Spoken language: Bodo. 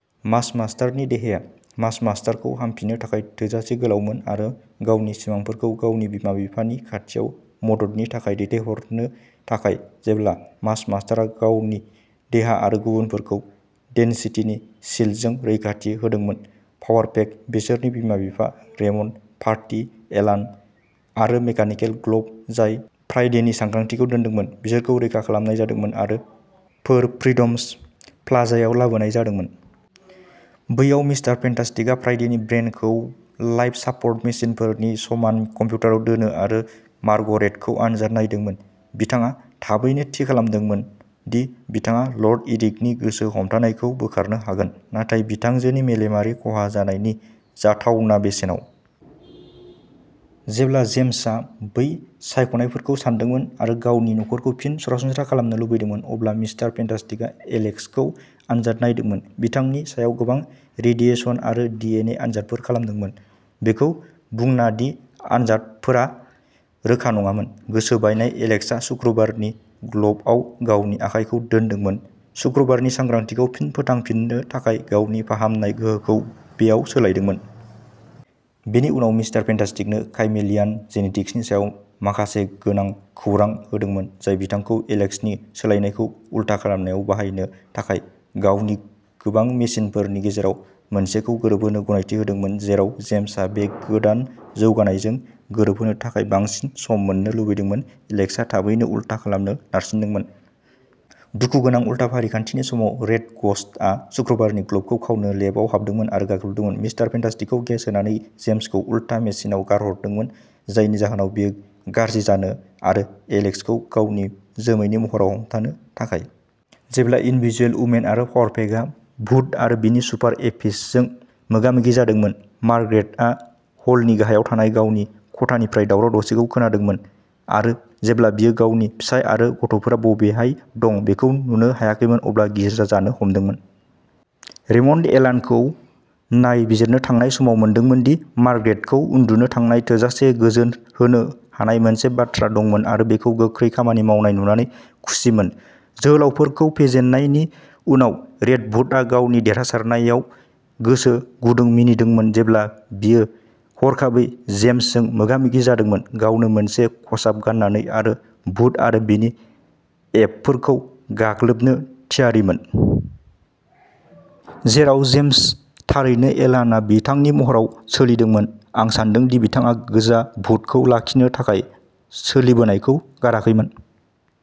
मास मास्टारनि देहाया मास मास्टार खौ हामफिन्नो थाखाय थोजासे गोलावमोन आरो गावनि सिमांफोरखौ गावनि बिमा-बिफानि खाथियाव मददनि थाखाय दैथायहरनो थाखाय जेब्ला मास मास्टार आ गावनि देहा आरो गुबुनफोरखौ डेन्सिटि शील्डजों रैखाथि होदोंमोन। पावार पेक, बिसोरनि बिमा-बिफा रेमन्ड, मार्टी एलान आरो मेकानिकेल ग्ल'ब जाय फ्राइडेनि सांग्रांथिखौ दोनदोंमोन, बिसोरखौ रैखा खालामनाय जादोंमोन आरो फोर फ्रिडम्स प्लाजायाव लाबोनाय जादोंमोन। बैयाव मिस्टार फेन्टास्टिकआ फ्राइडेनि ब्रेन खौ लाइफ सापर्ट मेसिनफोरनि समान कम्पिउटाराव दोनो आरो मार्गरेट खौ आनजाद नायदोंमोन। बिथाङा थाबैनो थि खालामदोंमोन दि बिथाङा लर्ड इरिकनि गोसो हमथानायखौ बोखारनो हागोन, नाथाय बिथांजोनि मेलेमारि खहा जानायनि जाथावना बेसेनाव। जेब्ला जेम्स आ बै सायख'नायफोरखौ सानदोंमोन आरो गावनि नखरखौ फिन सरासनस्रा खालामनो लुबैदोंमोन, अब्ला मिस्टार फेन्टास्टिकआ एलेक्स खौ आनजाद नायदोंमोन, बिथांनि सायाव गोबां रेडिएसन आरो डी एन ए आनजादफोर खालामदोंमोन। बेखौ बुंना दि आनजादफोरा रोखा नङामोन, गोसो बायनाय एलेक्स आ सुक्रुबारनि ग्ल'बआव गावनि आखायखौ दोनदोंमोन, शुक्रबारनि सांग्रांथिखौ फिन फोथांफिन्नो थाखाय गावनि फाहामनाय गोहोखौ बेयाव सोलायदोंमोन। बेनि उनाव मिस्टार फेन्टास्टिकनो काइमेलियान जेनेटिक्सनि सायाव माखासे गोनां खौरां होदोंमोन, जाय बिथांखौ एलेक्स नि सोलायनायखौ उलथा खालामनायाव बाहायनो थाखाय गावनि गोबां मेसिनफोरनि गेजेराव मोनसेखौ गोरोबहोनो गनायथि होदोंमोन। जेराव जेम्स आ बे गोदान जौगानायजों गोरोबनो थाखाय बांसिन सम मोन्नो लुबैदोंमोन एलेक्स आ थाबैनो उलथा खालामनो नारसिनदोंमोन। दुखुगोनां उलथा फारिखान्थिनि समाव रेड ग'स्ट आ सुक्रुबारनि ग्ल'बखौ खावनो लेबआव हाबदोंमोन आरो गाग्लोबदोंमोन, मिस्टार फेन्टास्टिकखौ गेस होनानै जेम्स खौ उलथा मेसिनआव गारहरदोंमोन, जायनि जाहोनाव बेयो गाज्रि जानो आरो एलेक्स खौ गावनि जोमैनि महराव हमथानो थाखाय। जेब्ला इनविजिबल वुमेन आरो पावार पेकआ भुत आरो बिनि सुपार एपिसजों मोगा-मोगि जादोंमोन, मार्ग्रेटआ हलनि गाहायाव थानाय गावनि खथानिफ्राय दावराव-दावसिखौ खोनादोंमोन आरो जेब्ला बियो गावनि फिसाय आरो गथ'फोरा बबेहाय दं बेखौ नुनो हायाखैमोन, अब्ला गिज्रा जानो हमदोंमोन। रेमन्डआ एलानखौ नायबिजिरनो थांनाय समाव मोनदोंमोन दि मार्ग्रेट खौ उन्दुनो थाखाय थोजासे गोजोन होनो हानाय मोनसे बाथ्रा दंमोन आरो बेखौ गोख्रै खामानि मावनाय नुनानै खुसिमोन। जोहोलावफोरखौ फेजेननायनि उनाव रेड भुतआ गावनि देरहासारनायाव गोसो गुदुं मिनिदोंमोन, जेब्लासिम बियो हरखाबै जेम्स जों मोगा-मोगि जादोंमोन, गावनो मोनसे खसाब गाननानै आरो भुत आरो बिनि एपफोरखौ गाग्लोबनो थियारिमोन। जेराव जेम्स थारैनो एलानआ बिथांनि महराव सोलिदोंमोन आं सान्दों दि बिथाङा गोजा भुतखौ लाखिनो थाखाय सोलिबोनायखौ गाराखैमोन।